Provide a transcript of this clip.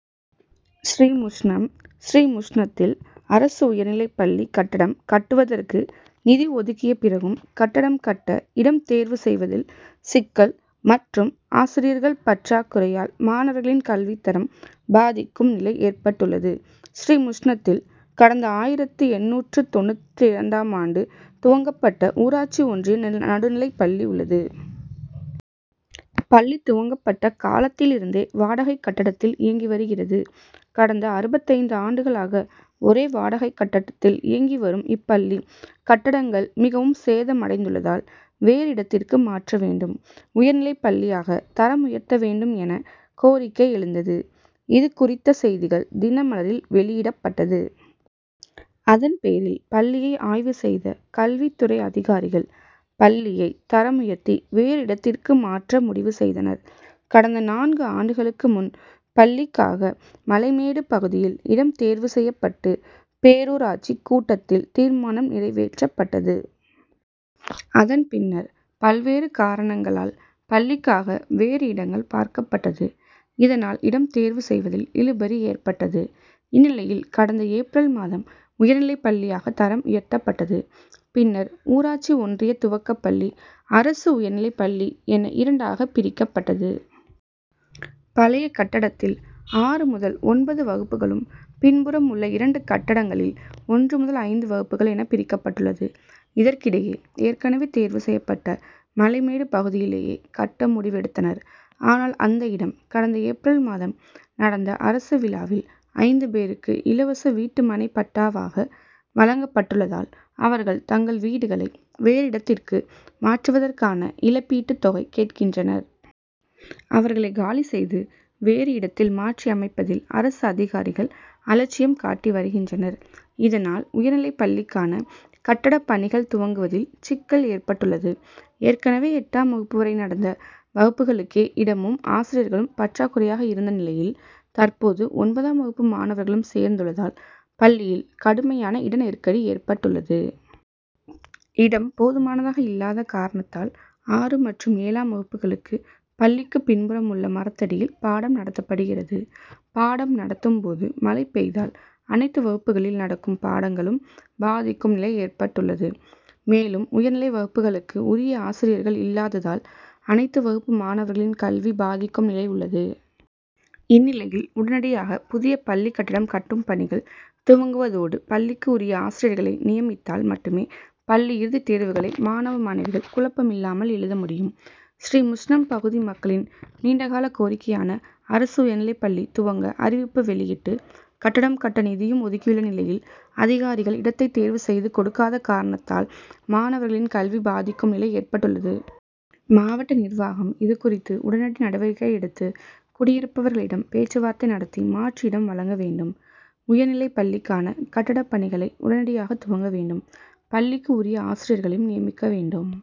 ஸ்ரீமுஷ்ணம் ஸ்ரீமுஷ்ணத்தில் அரசு உயர்நிலைப் பள்ளி கட்டடம் கட்டுவதற்கு நிதி ஒதுக்கிய பிறகும் கட்டடம் கட்ட இடம் தேர்வு செய்வதில் சிக்கல் மற் றும் ஆசிரியர்கள் பற்றாக் குறையால் மாணவர்களின் கல்வித்தரம் பாதிக் கும் நிலை ஏற்பட் டுள்ளது. ஸ்ரீமுஷ்ணத்தில் கடந்த ஆயிரத்து எண்ணூற்று தொண்ணூற்றிரண்டாம் ஆண்டு துவங்கப் பட்ட ஊராட்சி ஒன்றிய நடுநிலைப்பள்ளி உள்ளது. பள்ளி துவங்கப்பட்ட காலத்திலிருந்தே வாடகை கட்டடத்தில் இயங்கி வருகிறது. கடந்த அறுபத்தைந்து ஆண்டுகளாக ஒரே வாடகை கட்டடத்தில் இயங்கி வரும் இப்பள்ளி கட்டடங்கள் மிகவும் சேதமடைந்துள்ளதால் வேறு இடத்திற்கு மாற்ற வேண்டும். உயர்நிலைப் பள்ளியாக தரம் உயர்த்த வேண்டும் என கோரிக்கை எழுந்தது. இது குறித்த செய்திகள் தினமலரில் வெளியிடப்பட்டது. அதன் பேரில் பள்ளியை ஆய்வு செய்த கல்வித் துறை அதிகாரிகள், பள் ளியை தரம் உயர்த்தி வேறு இடத்திற்கு மாற்ற முடிவு செய்தனர். கடந்த நான்கு ஆண்டுகளுக்கு முன் பள் ளிக்காக மலைமேடு பகுதியில் இடம் தேர்வு செய்யப் பட்டு பேரூராட்சி கூட்டத் தில் தீர்மானம் நிறைவேற் றப்பட்டது. அதன் பின்னர் பல்வேறு காரணங் களால் பள்ளிக்காக வேறு இடங் கள் பார்க்கப்பட் டது. இதனால் இடம் தேர்வு செய்வதில் இழுபறி ஏற்பட்டது. இந்நிலையில் கடந்த ஏப்ரல் மாதம் உயர்நிலைப் பள்ளியாக தரம் உயர்த்தப் பட்டது. பின்னர் ஊராட்சி ஒன்றிய துவக்கப் பள்ளி, அரசு உயர்நிலைப் பள்ளி என இரண்டாக பிரிக்கப் பட்டது. பழைய கட்டடத்தில் ஆறு முதல் ஒன்பது வகுப்புகளும், பின்புறம் உள்ள இரண்டு கட்டடங்களில் ஒன்று முதல் ஐந்து வகுப்புகள் என பிரிக்கப்பட்டுள்ளது. இதற்கிடையே ஏற்கனவே தேர்வு செய்யப் பட்ட மலைமேடு பகுதியிலேயே கட்ட முடிவெடுத் தனர். ஆனால், அந்த இடம் கடந்த ஏப்ரல் மாதம் நடந்த அரசு விழாவில் ஐந்து பேருக்கு இலவச வீட்டு மனைப்பட் டா வாக வழங்கப்பட்டுள்ளதால் அவர்கள் தங்கள் வீடுகளை வேறு இடத் திற்கு மாற்றுவதற்கான இழப் பீட்டு தொகை கேட்கின்றனர். அவர்களை காலி செய்து வேறு இடத்தில் மாற்றியமைப்பதில் அரசு அதிகாரிகள் அலட்சியம் காட்டி வருகின்றனர். இதனால் உயர்நிலைப் பள்ளிக் கான கட்டடப் பணிகள் துவங்குவதில் சிக்கல் ஏற் பட்டுள்ளது. ஏற்கனவே எட்டாம் வகுப்பு வரை நடந்த வகுப்புகளுக்கே இடமும், ஆசிரியர்களும் பற்றாக்குறையாக இருந்த நிலையில் தற்போது ஒன்பதாம் வகுப்பு மாணவர்களும் சேர்ந்துள் ளதால் பள்ளியில் கடுமையான இட நெருக்கடி ஏற் பட்டுள்ளது. இடம் போதுமானதாக இல்லாத காரணத்தால் ஆறு மற்றும் ஏழாம் வகுப்புகளுக்கு பள்ளிக்கு பின்புறம் உள்ள மரத்தடியில் பாடம் நடத்தப்படுகிறது. பாடம் நடத்தும் போது மழை பெய்தால் அனைத்து வகுப்புகளில் நடக்கும் பாடங்களும் பாதிக்கும் நிலை ஏற்பட் டுள்ளது. மேலும் உயர் நிலை வகுப்புகளுக்கு உரிய ஆசிரியர்கள் இல்லாததால் அனைத்து வகுப்பு மாணவர்களின் கல்வி பாதிக்கும் நிலை உள்ளது. இந்நிலையில் உடனடியாக புதிய பள்ளி கட்டடம் கட்டும் பணிகள் துவங்குவதோடு பள்ளிக்கு உரிய ஆசிரியர்களை நியமித் தால் மட்டுமே பள்ளி இறுதித் தேர்வுகளை மாணவ, மாணவிகள் குழப்பமில்லாமல் எழுத முடியும். ஸ்ரீமுஷ்ணம் பகுதி மக்களின் நீண்டகால கோரிக் கையான அரசு உயர்நிலைப் பள்ளி துவங்க அறிவிப்பு வெளியிட்டு, கட்டடம் கட்ட நிதியும் ஒதுக்கியுள்ள நிலையில் அதிகாரிகள் இடத்தை தேர்வு செய்து கொடுக்காத காரணத்தால் மாணவர்களின் கல்வி பாதிக்கும் நிலை ஏற்பட்டுள்ளது. மாவட்ட நிர்வாகம் இது குறித்து உடனடி நடவடிக்கை எடுத்து குடியிருப்பவர்களிடம் பேச்சுவார்த்தை நடத்தி மாற்று இடம் வழங்க வேண்டும். உயர்நிலைப் பள்ளிக்கான கட்டடப் பணிகளை உடனடியாக துவங்க வேண் டும். பள்ளிக்கு உரிய ஆசிரியர்களையும் நியமிக்க வேண்டும்.